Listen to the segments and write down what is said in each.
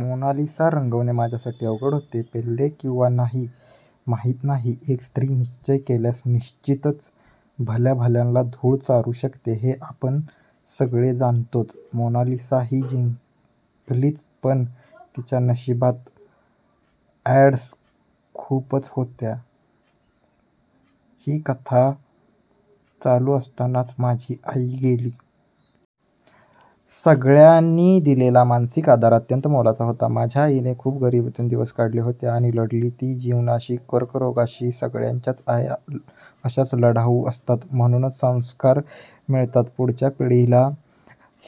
Mona Lisa रंगवणे माझ्यासाठी अवघड होते. पेलले की नाही माहीत नाही. एक स्त्री निश्चय केल्यास निश्चीतच भल्याभल्यांना धूळ चारू शकते हे आपण सगळे जाणतोच! मोनालिसाही जिंकलीच, पण तिच्या नशीबातील 'ऑड्स' खूपच होते.. ही कथा चालू असतानाच माझी आई गेली. सगळ्यांनी दिलेला मानसिक आधार अत्यंत मोलाचा होता. माझ्या आईने खूप गरीबीत दिवस काढलेले होते. आणि लढली ती जीवनाशी. कर्करोगाशीही! सगळ्यांच्याच आया अशाच लढाऊ असतात. म्हणूनच संस्कार मिळतात पुढच्या पिढीला,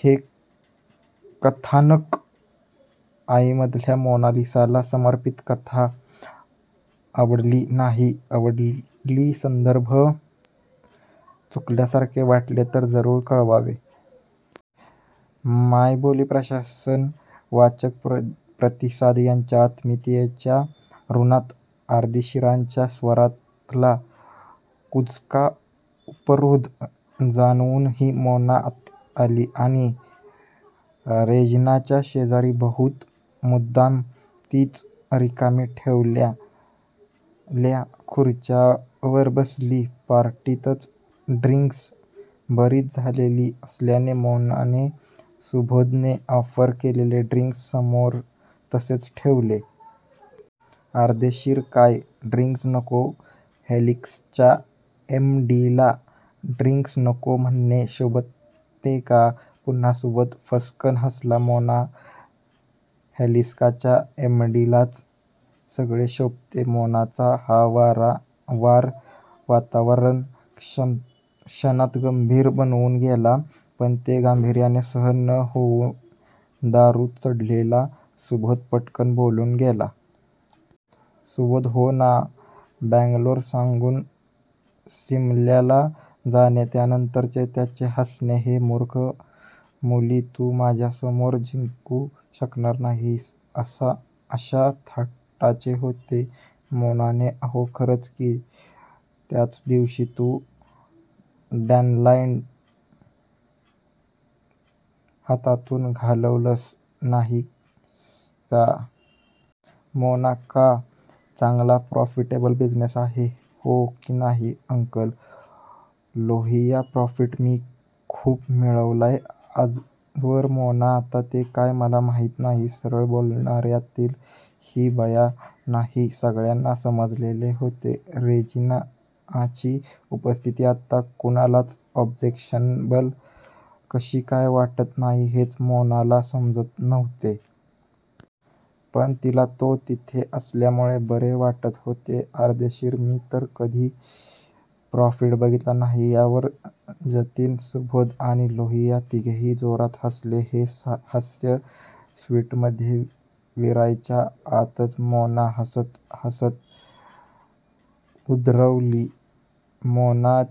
हे कथानक आईमधल्या मोनालिसाला समर्पीत, कथा आवडली, नाही आवडली, संदर्भ चुकल्यासारखे वाटले तर जरूर कळवावेत! मायबोली प्रशासन, वाचक व प्रतिसादक यांच्या आत्मीयतेच्या ऋणात. अर्देशीरांच्या स्वरातला कुजका उपरोध जाणवूनही मोना आत आली आणि रेजिनाच्या शेजारी 'बहुधा मुद्दाम तीच रिकामी ठेवलेल्या' खुर्चीवर बसली. पार्टीतच ड्रिन्क्स बरीच झालेली असल्याने मोनाने सुबोधने ऑफर केलेले ड्रिन्क समोर तसेच ठेवले. अर्देशीर हे काय? ड्रिन्क नको?? हेलिक्सच्या एम डी ला ड्रिन्क नको म्हणणे शोभते का? पुन्हा सुबोध फस्सकन हासला. मोना हेलिक्सच्या एमडीलाच सगळे शोभते. मोनाचा हा वार वातावरण क्षणात गंभीर बनवून गेला. पण ते गांभीर्य सहन न होऊन दारू चढलेला सुबोध पटकन बोलून गेला. सुबोध हो ना, बँगलोर सांगून सिमल्याला जाणे... त्यानंतरचे त्याचे हासणे हे 'मूर्ख मुली, तू माझ्यासमोर जिंकू शकणार नाहीस' अशा थाटाचे होते. मोना ओह खरच की? त्याचदिवशी तू डॅनलाईन हातातून घालवलंस नाही का? मोना का? चांगला प्रॉफिटेबल बिझिनेस आहे. हो की नाही अंकल? लोहिया प्रॉफिट मी खूप मिळवलाय आजवर मोना आता ते काय मला माहीत नाही? सरळ बोलणार्यातली ही बया नाही हे सगळ्यांना समजलेले होते. रेजिनाची उपस्थिती आत्ता कुणालाच ऑब्जेक्शनेबल कशी काय वाटत नाही हेच मोनाला समजत नव्हते. पण तिला तो तिथे असल्यामुळे बरे वाटत होते. अर्देशीर मी तर कधी प्रॉफिट बघितलाच नाही. यावर जतीन, सुबोध आणि लोहिया तिघेही जोरात हासले. ते हास्य स्विटमध्ये विरायच्या आतच मोना हासत हासत उद्गारली. मोना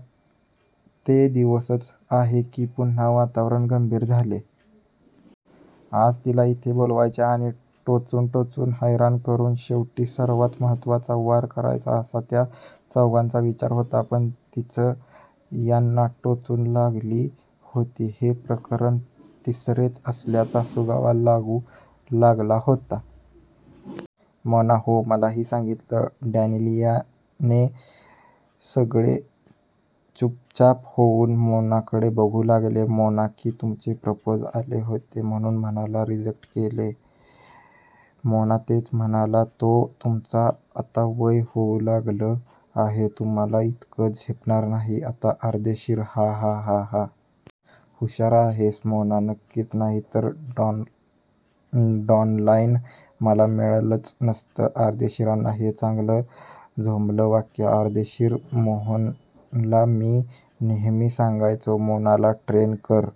ते दिसतंच आहे की, पुन्हा वातावरण गंभीर झाले. आज तिला इथे बोलवायचे आणि टोचून टोचून हैराण करून शेवटी सर्वात महत्वाचा वार करायचा असा त्या चौघांचा विचार होता. पण तीच यांना टोचू लागली होती. हे प्रकरण तिसरेच असल्याचा सुगावा लागू लागला होता. मोना हो, मलाही सांगीतलं डॅनीयलने, सगळे चुपचाप होऊन मोनाकडे बघू लागले. मोना की तुमचे प्रपोजल आले होते म्हणून म्हणाला रिजेक्ट केले. मोना तेच म्हणाला तो, तुमचं आता वय होऊ लागलं आहे. तुम्हाला इतकं झेपणार नाही आता, अर्देशीर हा हा हा हा! हुषार आहेस. मोना नक्कीच, नाहीतर डॅनलाईन मला मिळालंच नसतं. अर्देशीरांना हे चांगलंच झोंबलं वाक्य! अर्देशीर मोहनला मी नेहमी सांगायचो. मोनाला ट्रेन कर--